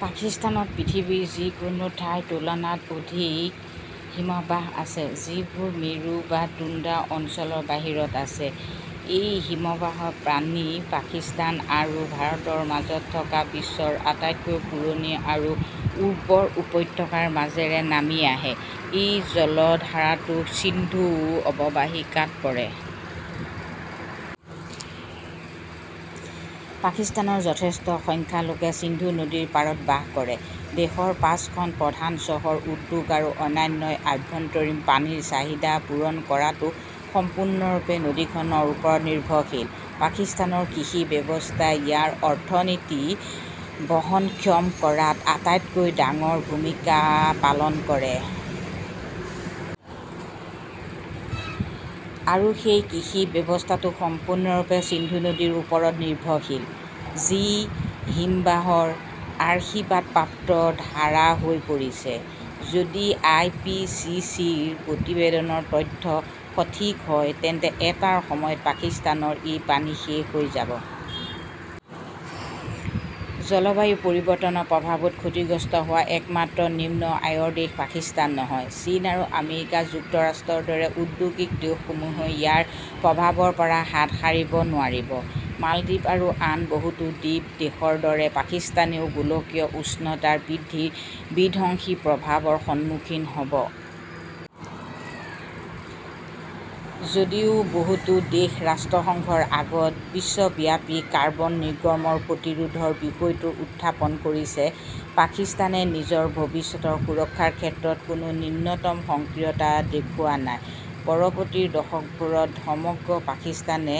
পাকিস্তানত পৃথিৱীৰ যিকোনো ঠাইৰ তুলনাত অধিক হিমবাহ আছে, যিবোৰ মেৰু বা টুন্দ্ৰা অঞ্চলৰ বাহিৰত আছে। এই হিমবাহৰ পানী পাকিস্তান আৰু ভাৰতৰ মাজত থকা বিশ্বৰ আটাইতকৈ পুৰণি আৰু উৰ্বৰ উপত্যকাৰ মাজেৰে নামি আহে। এই জলধাৰাটো সিন্ধু অৱবাহিকাত পৰে। পাকিস্তানৰ যথেষ্ট সংখ্যক লোক সিন্ধু নদীৰ পাৰত বাস কৰে। দেশৰ পাঁচখন প্ৰধান চহৰৰ উদ্যোগ আৰু অন্যান্য আভ্যন্তৰীণ পানীৰ চাহিদা পূৰণ কৰাটো সম্পূৰ্ণৰূপে নদীখনৰ ওপৰত নিৰ্ভৰশীল। পাকিস্তানৰ কৃষি ব্যৱস্থাই ইয়াৰ অৰ্থনীতি বহনক্ষম কৰাত আটাইতকৈ ডাঙৰ ভূমিকা পালন কৰে। আৰু সেই কৃষি ব্যৱস্থাটো সম্পূৰ্ণৰূপে সিন্ধু নদীৰ ওপৰত নিৰ্ভৰশীল, যি হিমবাহৰ আশীৰ্বাদপ্ৰাপ্ত ধাৰা হৈ পৰিছে। যদি আই. পি. চি. চি. -ৰ প্ৰতিবেদনৰ তথ্য সঠিক হয় তেন্তে এটা সময়ত পাকিস্তানৰ এই পানী শেষ হৈ যাব। জলবায়ু পৰিৱৰ্তনৰ প্ৰভাৱত ক্ষতিগ্ৰস্ত হোৱা একমাত্ৰ নিম্ন আয়ৰ দেশ পাকিস্তান নহয়। চীন আৰু আমেৰিকা যুক্তৰাষ্ট্ৰৰ দৰে ঔদ্যোগিক দেশসমূহেও ইয়াৰ প্ৰভাৱৰ পৰা হাত সাৰিব নোৱাৰিব। মালদ্বীপ আৰু আন বহুতো দ্বীপ দেশৰ দৰে পাকিস্তানেও গোলকীয় উষ্ণতা বৃদ্ধিৰ বিধ্বংসী প্ৰভাৱৰ সন্মুখীন হ'ব। যদিও বহুতো দেশে ৰাষ্ট্ৰসংঘৰ আগত বিশ্বব্যাপী কাৰ্বন নিৰ্গমন প্ৰতিৰোধৰ বিষয়টো উত্থাপন কৰিছে, পাকিস্তানে নিজৰ ভৱিষ্যতৰ সুৰক্ষাৰ ক্ষেত্ৰত কোনো ন্যূনতম সক্ৰিয়তা দেখুৱাই নাই। পৰৱৰ্তী দশকবোৰত সমগ্ৰ পাকিস্তানে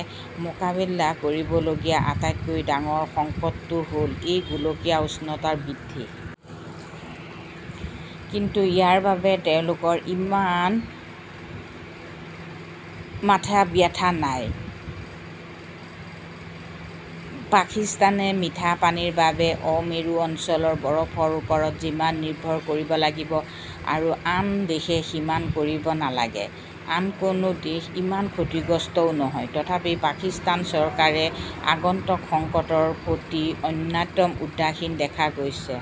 মোকাবিলা কৰিবলগীয়া আটাইতকৈ ডাঙৰ সংকটটো হ'ল এই গোলকীয় উষ্ণতা বৃদ্ধি। কিন্তু ইয়াৰ বাবে তেওঁলোকৰ ইমান মাথাব্যথা নাই। পাকিস্তানে মিঠা পানীৰ বাবে অ-মেৰু অঞ্চলৰ বৰফৰ ওপৰত যিমান নিৰ্ভৰ কৰিব লাগিব, আন কোনো দেশে সিমান কৰিব নালাগে। আন কোনো দেশ ইমান ক্ষতিগ্ৰস্তও নহয় । তথাপি পাকিস্তান চৰকাৰক আগন্তুক সংকটৰ প্ৰতি অত্যন্ত উদাসীন দেখা গৈছে।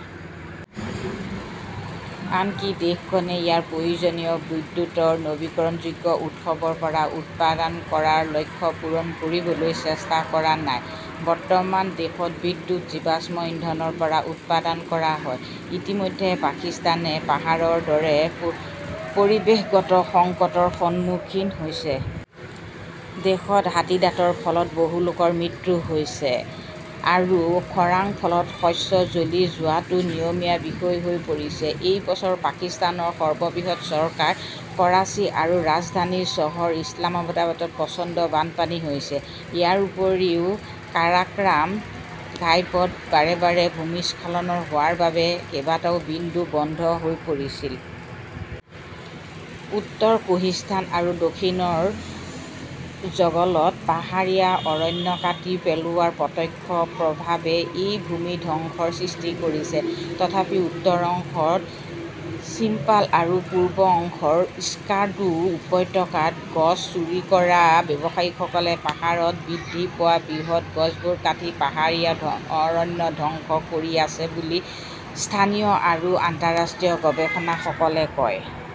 আনকি দেশখনে ইয়াৰ প্ৰয়োজনীয় বিদ্যুতৰ নৱীকৰণযোগ্য উৎসৰ পৰা উৎপাদন কৰাৰ লক্ষ্য পূৰণ কৰিবলৈ চেষ্টা কৰা নাই। বৰ্তমান দেশত বিদ্যুৎ জীৱাশ্ম ইন্ধনৰ পৰা উৎপাদন কৰা হয়। ইতিমধ্যে পাকিস্তানে পাহাৰৰ দৰে পৰিৱেশগত সংকটৰ সন্মুখীন হৈছে । দেশত হাতীদাঁতৰ ফলত বহু লোকৰ মৃত্যু হৈছে আৰু খৰাংৰ ফলত শস্য জ্বলি যোৱাটো নিয়মীয়া বিষয় হৈ পৰিছে। এই বছৰ পাকিস্তানৰ সৰ্ববৃহৎ চহৰ কৰাচী আৰু ৰাজধানী চহৰ ইছলামাবাদত প্ৰচণ্ড বানপানী হৈছে। ইয়াৰ উপৰি কাৰাক'ৰাম ঘাইপথ বাৰে বাৰে ভূমিস্খলন হোৱাৰ বাবে কেইবাটাও বিন্দুত বন্ধ হৈ পৰিছিল। উত্তৰ কোহিস্তান আৰু দক্ষিণৰ জগলত পাহাৰীয়া অৰণ্য কাটি পেলোৱাৰ প্ৰত্যক্ষ প্ৰভাৱে এই ভূমি ধ্বংসৰ সৃষ্টি কৰিছে। তথাপি উত্তৰ অংশৰ শিম্পাল আৰু পূব অংশৰ স্কাৰ্ডু উপত্যকাত গছ চুৰি কৰা ব্যৱসায়ীসকলে পাহাৰত বৃদ্ধি পোৱা বৃহৎ গছবোৰ কাটি পাহাৰীয়া অৰণ্য ধ্বংস কৰি আছে বুলি স্থানীয় আৰু আন্তঃৰাষ্ট্ৰীয় গৱেষকসকলে কয় ।